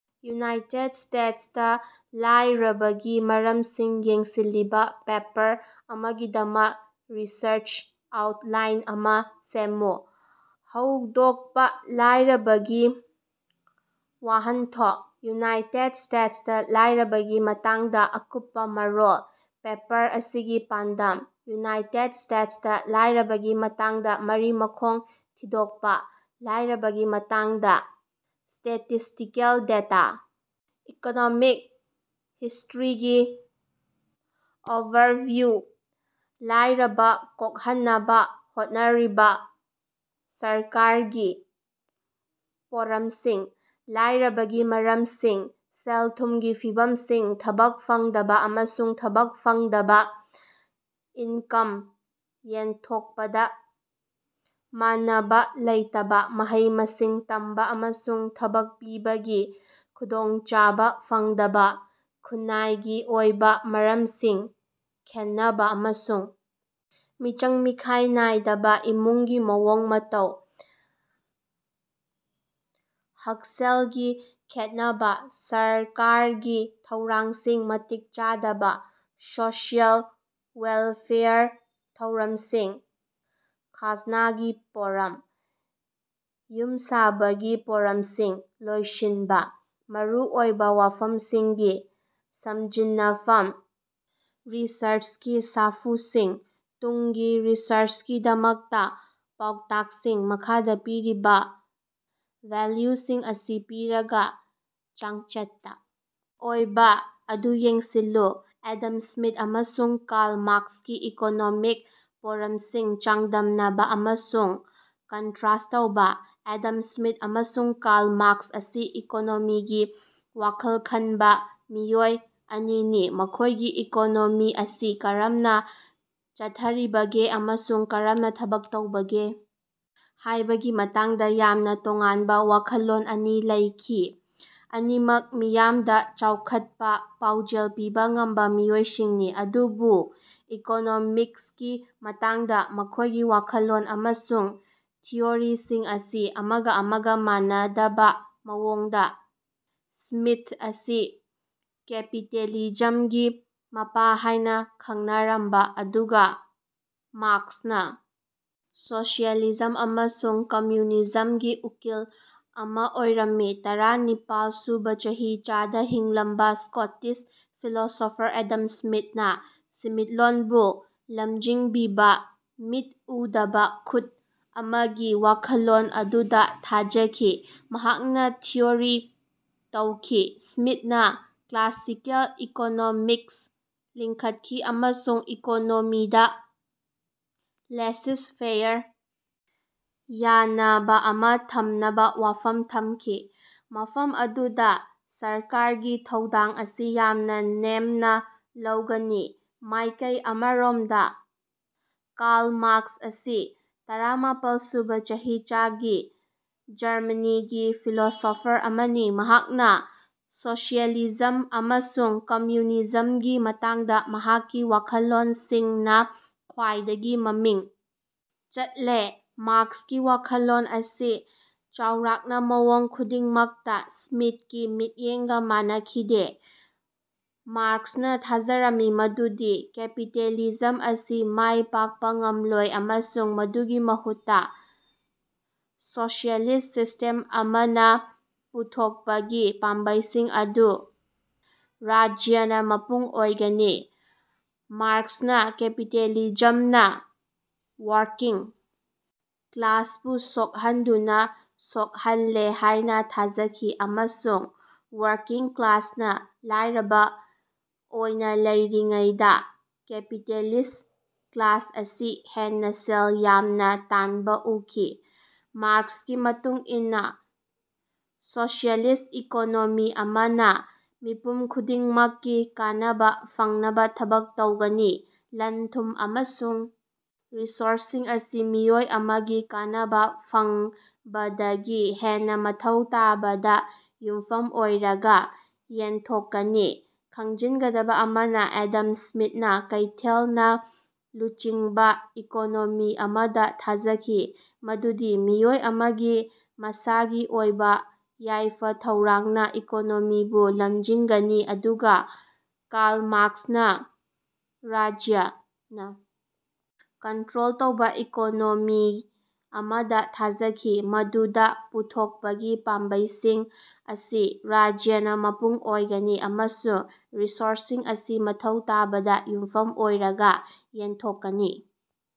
United ꯁ꯭ꯇꯦꯇꯁꯇ ꯂꯥꯏꯔꯕꯒꯤ ꯃꯔꯝꯁꯤꯡ ꯌꯦꯡꯁꯤꯜꯂꯤꯕ ꯄꯦꯄꯔ ꯑꯃꯒꯤꯗꯃꯛ ꯔꯤꯁꯔꯆ ꯑꯥꯎꯠꯂꯥꯏꯟ ꯑꯃ ꯁꯦꯝꯃꯨ꯫ ꯍꯧꯗꯣꯛꯄ ꯂꯥꯏꯔꯕꯒꯤ ꯋꯥꯍꯟꯊꯣꯛ꫰ ꯌꯨꯅꯥꯏꯇꯦꯗ ꯁ꯭ꯇꯦꯇꯁꯇ ꯂꯥꯏꯔꯕꯒꯤ ꯃꯇꯥꯡꯗ ꯑꯀꯨꯞꯄ ꯃꯔꯣꯜ꫰ ꯄꯦꯄꯔ ꯑꯁꯤꯒꯤ ꯄꯥꯟꯗꯝ꫰ ꯌꯨꯅꯥꯏꯇꯦꯗ ꯁ꯭ꯇꯦꯇꯁꯇ ꯂꯥꯏꯔꯕꯒꯤ ꯃꯇꯥꯡꯗ ꯃꯔꯤ-ꯃꯈꯣꯡ ꯊꯤꯗꯣꯛꯄ꫰ ꯂꯥꯏꯔꯕꯒꯤ ꯃꯇꯥꯡꯗ ꯁ꯭ꯇꯦꯇꯤꯁ꯭ꯇꯤꯀꯦꯜ ꯗꯦꯇꯥ꫰ ꯏꯀꯣꯅꯣꯃꯤꯛ ꯍꯤꯁ꯭ꯇꯔꯤꯒꯤ ꯑꯣꯚꯔꯚꯤꯌꯨ꫰ ꯂꯥꯏꯔꯕ ꯀꯣꯛꯍꯟꯅꯕ ꯍꯣꯠꯅꯔꯤꯕ ꯁꯔꯀꯥꯔꯒꯤ ꯄꯣꯔꯝꯁꯤꯡ꫰ ꯂꯥꯏꯔꯕꯒꯤ ꯃꯔꯝꯁꯤꯡ꫰ ꯁꯦꯜ-ꯊꯨꯝꯒꯤ ꯐꯤꯚꯝꯁꯤꯡ ꯊꯕꯛ ꯐꯪꯗꯕ ꯑꯃꯁꯨꯡ ꯊꯕꯛ ꯐꯪꯗꯕ ꯏꯟꯀꯝ ꯌꯦꯟꯊꯣꯛꯄꯗ ꯃꯥꯟꯅꯕ ꯂꯩꯇꯕ꫰ ꯃꯍꯩ-ꯃꯁꯤꯡ ꯇꯝꯕ ꯑꯃꯁꯨꯡ ꯊꯕꯛ ꯄꯤꯕꯒꯤ ꯈꯨꯗꯣꯡꯆꯥꯕ ꯐꯪꯗꯕꯥ꫰ ꯈꯨꯟꯅꯥꯏꯒꯤ ꯑꯣꯏꯕ ꯃꯔꯝꯁꯤꯡ ꯈꯦꯟꯅꯕ ꯑꯃꯁꯨꯡ ꯃꯤꯆꯪ-ꯃꯤꯈꯥꯏ ꯅꯥꯏꯗꯕ ꯏꯃꯨꯡꯒꯤ ꯃꯑꯣꯡ ꯃꯇꯧ꫰ ꯍꯛꯁꯦꯜꯒꯤ ꯈꯦꯠꯅꯕ꫰ ꯁꯔꯀꯥꯔꯒꯤ ꯊꯧꯔꯥꯡꯁꯤꯡ ꯃꯇꯤꯛ ꯆꯥꯗꯕ꫰ ꯁꯣꯁꯤꯑꯦꯜ ꯋꯦꯜꯐꯦꯌꯔ ꯊꯧꯔꯝꯁꯤꯡ꫰ ꯈꯥꯖꯅꯥꯒꯤ ꯄꯣꯔꯝ꫰ ꯌꯨꯝꯁꯥꯕꯒꯤ ꯄꯣꯔꯝꯁꯤꯡ ꯂꯣꯏꯁꯤꯟꯕ꫰ ꯃꯔꯨꯑꯣꯏꯕ ꯋꯥꯐꯝꯁꯤꯡꯒꯤ ꯁꯝꯖꯤꯟꯅꯐꯝ꫰ ꯔꯤꯁꯔꯆꯀꯤ ꯁꯥꯐꯨꯁꯤꯡ꫰ ꯇꯨꯡꯒꯤ ꯔꯤꯁꯔꯆꯀꯤꯗꯃꯛꯇ ꯄꯥꯎꯇꯥꯛꯁꯤꯡ꯫ ꯃꯈꯥꯗ ꯄꯤꯔꯤꯕ ꯚꯦꯜꯌꯨꯁꯤꯡ ꯑꯁꯤ ꯄꯤꯔꯒ, ꯆꯥꯡꯆꯠꯇ ꯑꯣꯏꯕ ꯑꯗꯨꯌꯦꯡꯁꯤꯜꯂꯨ꯫ ꯑꯦꯗꯝ ꯁ꯭ꯃꯤꯊ ꯑꯃꯁꯨꯡ ꯀꯥꯔꯜ ꯃꯥꯔꯛꯁꯀꯤ ꯏꯀꯣꯅꯣꯃꯤꯛ ꯄꯣꯔꯝꯁꯤꯡ ꯆꯥꯡꯗꯝꯅꯕ ꯑꯃꯁꯨꯡ ꯀꯟꯠꯔꯦꯁ꯭ꯠ ꯇꯧꯕ꯫ ꯑꯦꯗꯝ ꯁ꯭ꯃꯤꯊ ꯑꯃꯁꯨꯡ ꯀꯥꯔꯜ ꯃꯥꯔꯛꯁ ꯑꯁꯤ ꯏꯀꯣꯅꯣꯃꯤꯒꯤ ꯋꯥꯈꯜ ꯈꯟꯕ ꯃꯤꯑꯣꯏ ꯑꯅꯤꯅꯤ, ꯃꯈꯣꯏꯒꯤ ꯏꯀꯣꯅꯣꯃꯤ ꯑꯁꯤ ꯀꯔꯝꯅ ꯆꯠꯊꯔꯤꯕꯒꯦ ꯑꯃꯁꯨꯡ ꯀꯔꯝꯅ ꯊꯕꯛ ꯇꯧꯕꯒꯦ ꯍꯥꯏꯕꯒꯤ ꯃꯇꯥꯡꯗ ꯌꯥꯝꯅ ꯇꯣꯉꯥꯟꯕ ꯋꯥꯈꯜꯂꯣꯟ ꯑꯅꯤ ꯂꯩꯈꯤ꯫ ꯑꯅꯤꯃꯛ ꯃꯤꯌꯥꯝꯗ ꯆꯥꯎꯈꯠꯄ ꯄꯥꯎꯖꯦꯜ ꯄꯤꯕ ꯉꯝꯕ ꯃꯤꯑꯣꯏꯁꯤꯡꯅꯤ, ꯑꯗꯨꯕꯨ ꯏꯀꯣꯅꯣꯃꯤꯛꯁꯀꯤ ꯃꯇꯥꯡꯗ ꯃꯈꯣꯏꯒꯤ ꯋꯥꯈꯜꯂꯣꯟ ꯑꯃꯁꯨꯡ ꯊꯤꯑꯣꯔꯤꯁꯤꯡ ꯑꯁꯤ ꯑꯃꯒ-ꯑꯃꯒ ꯃꯥꯟꯅꯗꯕ ꯃꯑꯣꯡꯗ, ꯁ꯭ꯃꯤꯊ ꯑꯁꯤ ꯀꯦꯄꯤꯇꯦꯂꯤꯖꯝꯒꯤ ꯃꯄꯥ ꯍꯥꯏꯅ ꯈꯪꯅꯔꯝꯕꯥ ꯑꯗꯨꯒꯥ ꯃꯥꯔꯛꯁꯅꯥ ꯁꯣꯁꯤꯑꯦꯂꯤꯖꯝ ꯑꯃꯁꯨꯡ ꯀꯝꯝꯌꯨꯅꯤꯖꯃꯒꯤ ꯎꯀꯤꯜ ꯑꯃꯥ ꯑꯣꯏꯔꯝꯃꯤ꯫ ꯇꯔꯥꯅꯤꯄꯥꯜ ꯁꯨꯕꯥ ꯆꯍꯤꯆꯥꯗꯥ ꯍꯤꯡꯂꯝꯕꯥ ꯁ꯭ꯀꯣꯇꯤꯁ ꯐꯤꯂꯣꯁꯣꯐꯔ ꯑꯦꯗꯝ ꯁ꯭ꯃꯤꯊꯅ ꯁꯦꯟꯃꯤꯠꯂꯣꯟꯕꯨ ꯂꯝꯖꯤꯡꯕꯤꯕ "ꯃꯤꯠ ꯎꯗꯕ ꯈꯨꯠ" ꯑꯃꯒꯤ ꯋꯥꯈꯜꯂꯣꯟ ꯑꯗꯨꯗ ꯊꯥꯖꯈꯤ꯫ ꯃꯍꯥꯛꯅꯥ ꯊꯤꯑꯣꯔꯤ ꯇꯧꯈꯤ꯫ ꯁ꯭ꯃꯤꯠꯅ ꯀ꯭ꯂꯥꯁꯤꯀꯦꯜ ꯏꯀꯣꯅꯣꯃꯤꯛꯁ ꯂꯤꯡꯈꯠꯈꯤ ꯑꯃꯁꯨꯡ ꯏꯀꯣꯅꯣꯃꯤꯗ ꯂꯦꯏꯁ-ꯐꯦꯌꯔ ꯌꯥꯅꯕ ꯑꯃ ꯊꯝꯅꯕ ꯋꯥꯐꯝ ꯊꯝꯈꯤ, ꯃꯐꯝ ꯑꯗꯨꯗ ꯁꯔꯀꯥꯔꯒꯤ ꯊꯧꯗꯥꯡ ꯑꯁꯤ ꯌꯥꯝꯅ ꯅꯦꯝꯅ ꯂꯩꯒꯅꯤ꯫ ꯃꯥꯏꯀꯩ ꯑꯃꯔꯣꯝꯗ ꯀꯥꯔꯜ ꯃꯥꯔꯛꯁ ꯑꯁꯤ ꯇꯔꯥꯃꯥꯄꯜ ꯁꯨꯕ ꯆꯍꯤꯆꯥꯒꯤ ꯖꯔꯃꯅꯤꯒꯤ ꯐꯤꯂꯣꯁꯣꯐꯔ ꯑꯃꯅꯤ, ꯃꯍꯥꯛꯅ ꯁꯣꯁꯤꯑꯦꯂꯤꯖꯝ ꯑꯃꯁꯨꯡ ꯀꯝꯃ꯭ꯌꯨꯅꯤꯖꯝꯒꯤ ꯃꯇꯥꯡꯗ ꯃꯍꯥꯛꯀꯤ ꯋꯥꯈꯜꯂꯣꯟꯁꯤꯡꯅ ꯈ꯭ꯋꯥꯏꯗꯒꯤ ꯃꯃꯤꯡ ꯆꯠꯂꯦ꯫ ꯃꯥꯔꯛꯁꯀꯤ ꯋꯥꯈꯜꯂꯣꯟ ꯑꯁꯤ ꯆꯥꯎꯔꯥꯛꯅ ꯃꯑꯣꯡ ꯈꯨꯗꯤꯡꯃꯛꯇ ꯁ꯭ꯃꯤꯊꯀꯤ ꯃꯤꯠꯌꯦꯡꯒ ꯃꯥꯟꯅꯈꯤꯗꯦ꯫ ꯃꯥꯔꯛꯁꯅ ꯊꯥꯖꯔꯝꯃꯤ ꯃꯗꯨꯗꯤ ꯀꯦꯄꯤꯇꯦꯂꯤꯖꯝ ꯑꯁꯤ ꯃꯥꯏ ꯄꯥꯛꯄ ꯉꯝꯂꯣꯏ ꯑꯃꯁꯨꯡ ꯃꯗꯨꯒꯤ ꯃꯍꯨꯠꯇ ꯁꯣꯁꯤꯑꯦꯂꯤꯁ꯭ꯠ ꯁꯤꯁ꯭ꯇꯦꯝ ꯑꯃꯅ ꯄꯨꯊꯣꯛꯄꯒꯤ ꯄꯥꯝꯕꯩꯁꯤꯡ ꯑꯗꯨ ꯔꯥꯖ꯭ꯌꯅ ꯃꯄꯨ ꯑꯣꯏꯒꯅꯤ꯫ ꯃꯥꯔꯛꯁꯅ ꯀꯦꯄꯤꯇꯦꯂꯤꯖꯝꯅ ꯋꯥꯔꯀꯤꯡ ꯀ꯭ꯂꯥꯁꯄꯨ ꯁꯣꯛꯍꯟꯗꯨꯅ ꯁꯣꯛꯍꯜꯂꯤ ꯍꯥꯏꯅ ꯊꯥꯖꯈꯤ ꯑꯃꯁꯨꯡ ꯋꯥꯔꯀꯤꯡ ꯀ꯭ꯂꯥꯁꯅ ꯂꯥꯏꯔꯕ ꯑꯣꯏꯅ ꯂꯩꯔꯤꯉꯩꯗ ꯀꯦꯄꯤꯇꯦꯂꯤꯁ꯭ꯠ ꯀ꯭ꯂꯥꯁ ꯑꯁꯤ ꯍꯦꯟꯅ ꯁꯦꯜ ꯌꯥꯝꯅ ꯇꯥꯟꯕ ꯎꯈꯤ꯫ ꯃꯥꯔꯛꯁꯀꯤ ꯃꯇꯨꯡ ꯏꯟꯅ ꯁꯣꯁꯤꯑꯦꯂꯤꯁ꯭ꯠ ꯏꯀꯣꯅꯣꯃꯤ ꯑꯃꯅ ꯃꯤꯄꯨꯝ ꯈꯨꯗꯤꯡꯃꯛꯀꯤ ꯀꯥꯟꯅꯕ ꯐꯪꯅꯕ ꯊꯕꯛ ꯇꯧꯒꯅꯤ, ꯂꯟ-ꯊꯨꯝ ꯑꯃꯁꯨꯡ ꯔꯤꯁꯣꯔꯁꯁꯤꯡ ꯑꯁꯤ ꯃꯤꯑꯣꯏ ꯑꯃꯒꯤ ꯀꯥꯟꯅꯕ ꯐꯪꯕꯗꯒꯤ ꯍꯦꯟꯅ ꯃꯊꯧ ꯇꯥꯕꯗ ꯌꯨꯝꯐꯝ ꯑꯣꯏꯔꯒ ꯌꯦꯟꯊꯣꯛꯀꯅꯤ꯫ ꯈꯪꯖꯤꯟꯒꯗꯕ ꯑꯃꯅ, ꯑꯦꯗꯝ ꯁ꯭ꯃꯤꯊꯅ ꯀꯩꯊꯦꯜꯅ ꯂꯨꯆꯤꯡꯕ ꯏꯀꯣꯅꯣꯃꯤ ꯑꯃꯗ ꯊꯥꯖꯈꯤ ꯃꯗꯨꯗꯤ ꯃꯤꯑꯣꯏ ꯑꯃꯒꯤ ꯃꯁꯥꯒꯤ ꯑꯣꯏꯕ ꯌꯥꯏꯐ-ꯊꯧꯔꯥꯡꯅ ꯏꯀꯣꯅꯣꯃꯤꯕꯨ ꯂꯝꯖꯤꯡꯒꯅꯤ, ꯑꯗꯨꯒ ꯀꯥꯔꯜ ꯃꯥꯔꯛꯁꯅ ꯔꯥꯖ꯭ꯌꯅ ꯀꯟꯇ꯭ꯔꯣꯜ ꯇꯧꯕ ꯏꯀꯣꯅꯣꯃꯤ ꯑꯃꯗ ꯊꯥꯖꯈꯤ ꯃꯗꯨꯗ ꯄꯨꯊꯣꯛꯄꯒꯤ ꯄꯥꯝꯕꯩꯁꯤꯡ ꯑꯁꯤ ꯔꯥꯖ꯭ꯌꯅ ꯃꯄꯨ ꯑꯣꯏꯒꯅꯤ, ꯑꯃꯁꯨꯡ ꯔꯤꯁꯣꯔꯁꯁꯤꯡ ꯑꯁꯤ ꯃꯊꯧ ꯇꯥꯕꯗ ꯌꯨꯝꯐꯝ ꯑꯣꯏꯔꯒ ꯌꯦꯟꯊꯣꯛꯀꯅꯤ꯫